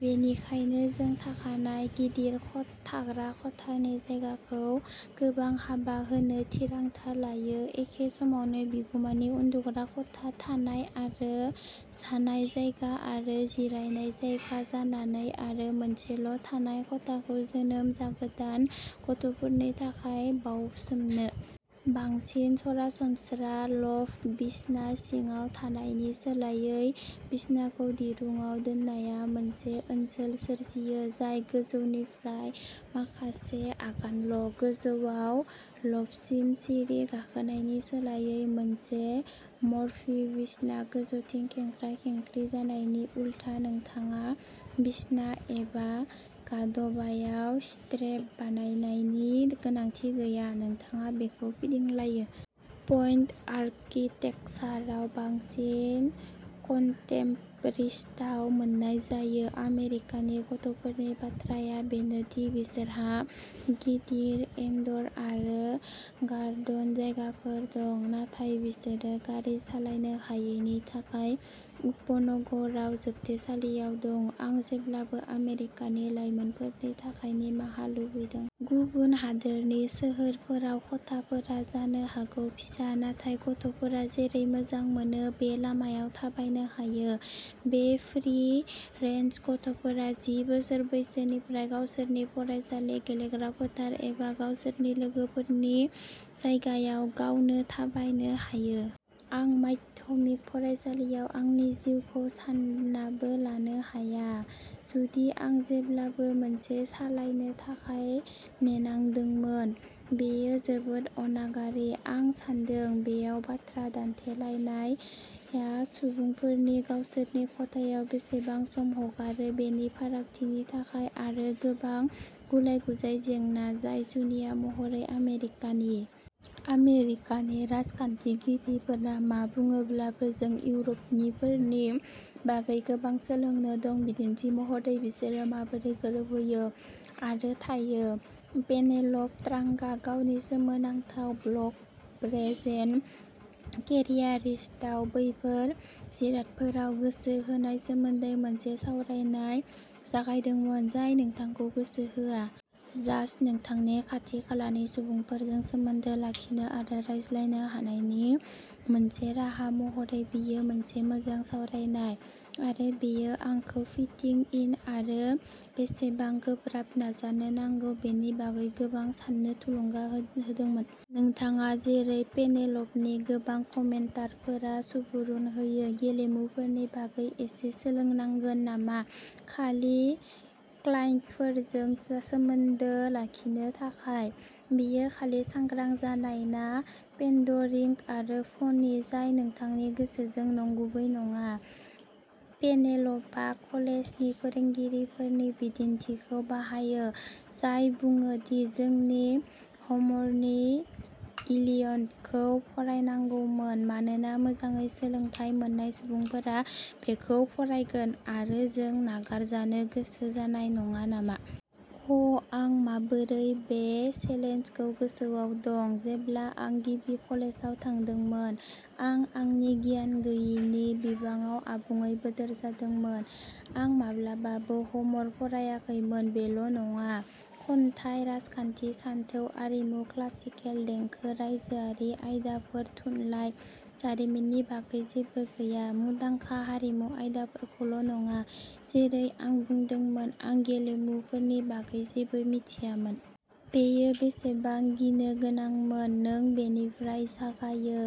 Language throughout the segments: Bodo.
बेनिखायनो जों थाखानाय गिदिर थाग्रा खथानि जायगाखौ गोबां हाबा होनो थिरांथा लायो, एखे समावनो बिगुमानि उन्दुग्रा खथा, थानाय आरो जानाय जायगा आरो जिरायनाय जायगा जानानै आरो मोनसेल' थानाय खथाखौ जोनोम जागोदान गथ'फोरनि थाखाय बावसोमनो। बांसिन सरासनस्रा लफ्ट बिसना सिङाव थानायनि सोलायै, बिसनाखौ दिरुंआव दोननाया मोनसे ओनसोल सोरजियो जाय गोजौनिफ्राय माखासे आगानल' गोजौआव, लफ्टसिम सिरि गाखोनायनि सोलायै। मोनसे मर्फी बिसना गोजौथिं खेंख्रा खेंख्रि जानायनि उलथा, नोंथाङा बिसना एबा गादबायाव स्ट्रेप बानायनायनि गोनांथि गैया, नोंथाङा बेखौ फिदिंलायो। पइन्ट आर्किटेकसाराव बांसिन, कन्टेम्प'रिस्टआव मोन्नाय जायो। आमेरिकानि गथ'फोरनि बाथ्राया बेनो दि बिसोरहा गिदिर इनड'र आरो गार्डेन जायगाफोर दं, नाथाय बिसोरो गारि सालायनो हायैनि थाखाय उपनगराव जोबथेसालियाव दं। आं जेब्लाबो आमेरिकानि लाइमोनफोरनि थाखाय निमाहा लुबैदों। गुबुन हादोरनि सोहोरफोराव, खथाफोरा जानो हागौ फिसा नाथाय गथ'फोरा जेरै मोजां मोनो बे लामायाव थाबायनो हायो। बे फ्रि रेन्ज गथ'फोरा जि बोसोर बैसोनिफ्राय गावसोरनि फरायसालि, गेलेग्रा फोथार एबा गावसोरनि लोगोफोरनि जायगायाव गावनो थाबायनो हायो। आं माध्यमिक फरायसालियाव आंनि जिउखौ साननाबो लानो हाया, जुदि आं जेब्लाबो मोनसे सालायनो थाखाय नेनांदोंमोन! बेयो जोबोद अनागारि! आं सान्दों बेयाव बाथ्रा दान्थेलायनाया सुबुंफोरनि गावसोरनि खथायाव बेसेबां सम हगारो बेनि फारागथिनि थाखाय, आरो गोबां गुलाय गुजाय जेंना जाय जुनिया महरै आमेरिकानि। आमेरिकानि राजखान्थिगिरिफोरा मा बुङोब्लाबो, जों इउर'पनिफोरनि बागै गोबां सोलोंनो दं। बिदिन्थि महरै, बिसोरो माबोरै गोरोबहोयो आरो थायो। पेनेल'प ट्रांकआ गावनि सोमोनांथाव ब्लग ब्रेजेन केरियारिस्टआव, बैफोर जिरादफोराव गोसो होनाय सोमोन्दै मोनसे सावरायनाय जागायदोंमोन, जाय नोंथांखौ गोसो होआ। जास्ट नोंथांनि खाथि खालानि सुबुंफोरजों सोमोन्दो लाखिनो आरो रायज्लायनो हानायनि मोनसे राहा महरै। बेयो मोनसे मोजां सावरायनाय, आरो बेयो आंखौ फिटिं इन आरो बेसेबां गोब्राब नाजानो नांगौ बेनि बागै गोबां साननो थुलुंगा होदोंमोन। नोंथाङा, जेरै पेनेल'पनि गोबां कमेन्टारफोरा सुबुरुन होयो, गेलेमुफोरनि बागै एसे सोलोंनांगोन नामा खालि क्लाइन्टफोरजों सोमोन्दो लाखिनो थाखाय? बेयो खालि सांग्रां जानाय ना पेन्डरिंग आरो फ'नि जाय नोंथांनि गोसोजों नंगुबै नङा? पेनेल'पआ कलेजनि फोरोंगिरिफोरनि बिदिन्थिखौ बाहायो, जाय बुङो दि जोंनि ह'मरनि इलियन्डखौ फरायनांगौमोन मानोना मोजाङै सोलोंथाय मोननाय सुबुंफोरा बेखौ फरायगोन, आरो जों नागारजानो गोसो जानाय नङा नामा? अ, आं माबोरै बै चेलेन्जखौ गोसोआव दं जेब्ला आं गिबि कलेजाव थांदोंमोन! आं आंनि गियान गैयिनि बिबाङाव आबुङै बोदोर जादोंमोन। आं माब्लाबाबो ह'मर फरायाखैमोन बेल' नङा खन्थाइ, राजखान्थि, सानथौ, आरिमु, क्लासिकेल देंखो, रायजोआरि आयदाफोर, थुनलाइ, जारिमिननि बागै जेबो गैया, मुदांखा हारिमु आयदाफोरखौल' नङा जेरै आं बुंदोंमोन, आं गेलेमुफोरनि बागै जेबो मिथियामोन। बेयो बेसेबां गिनो गोनांमोन! नों बेनिफ्राय जागायो?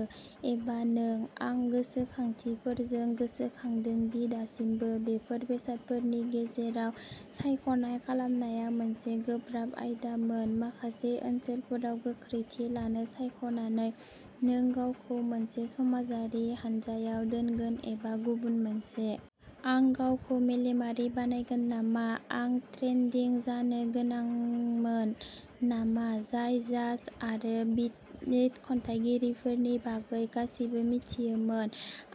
एबा नों? आं गोसोखांथिफोरजों गोसोखांदों दि दासिमबो, बेफोर बेसादफोरनि गेजेराव सायख'नाय खालामनाया मोनसे गोब्राब आयदामोन। माखासे ओनसोलफोराव' गोख्रैथि लानो सायख'नानै, नों गावखौ मोनसे समाजारि हानजायाव दोनगोन एबा गुबुन मोनसे। आं गावखौ मेलेमारि बानायगोन नामा? आं ट्रेन्डीं जानो गोनांमोन नामा जाय जाज आरो बिटनिट खन्थाइगिरिफोरनि बागै गासिबो मिथियोमोन?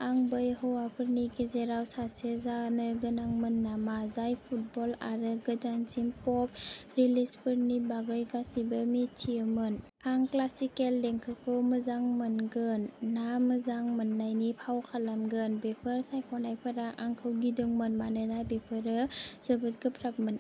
आं बै हौवाफोरनि गेजेराव सासे जानो गोनांमोन नामा जाय फुटबल आरो गोदानसिन पप रिलिजफोरनि बागै गासिबो मिथियोमोन? आं क्लासिकेल देंखोखौ मोजां मोनगोन ना मोजां मोननायनि फाव खालामगोन? बेफोर सायख'नायफोरा आंखौ गिदोंमोन मानोना बेफोरो जोबोद गोब्राबमोन।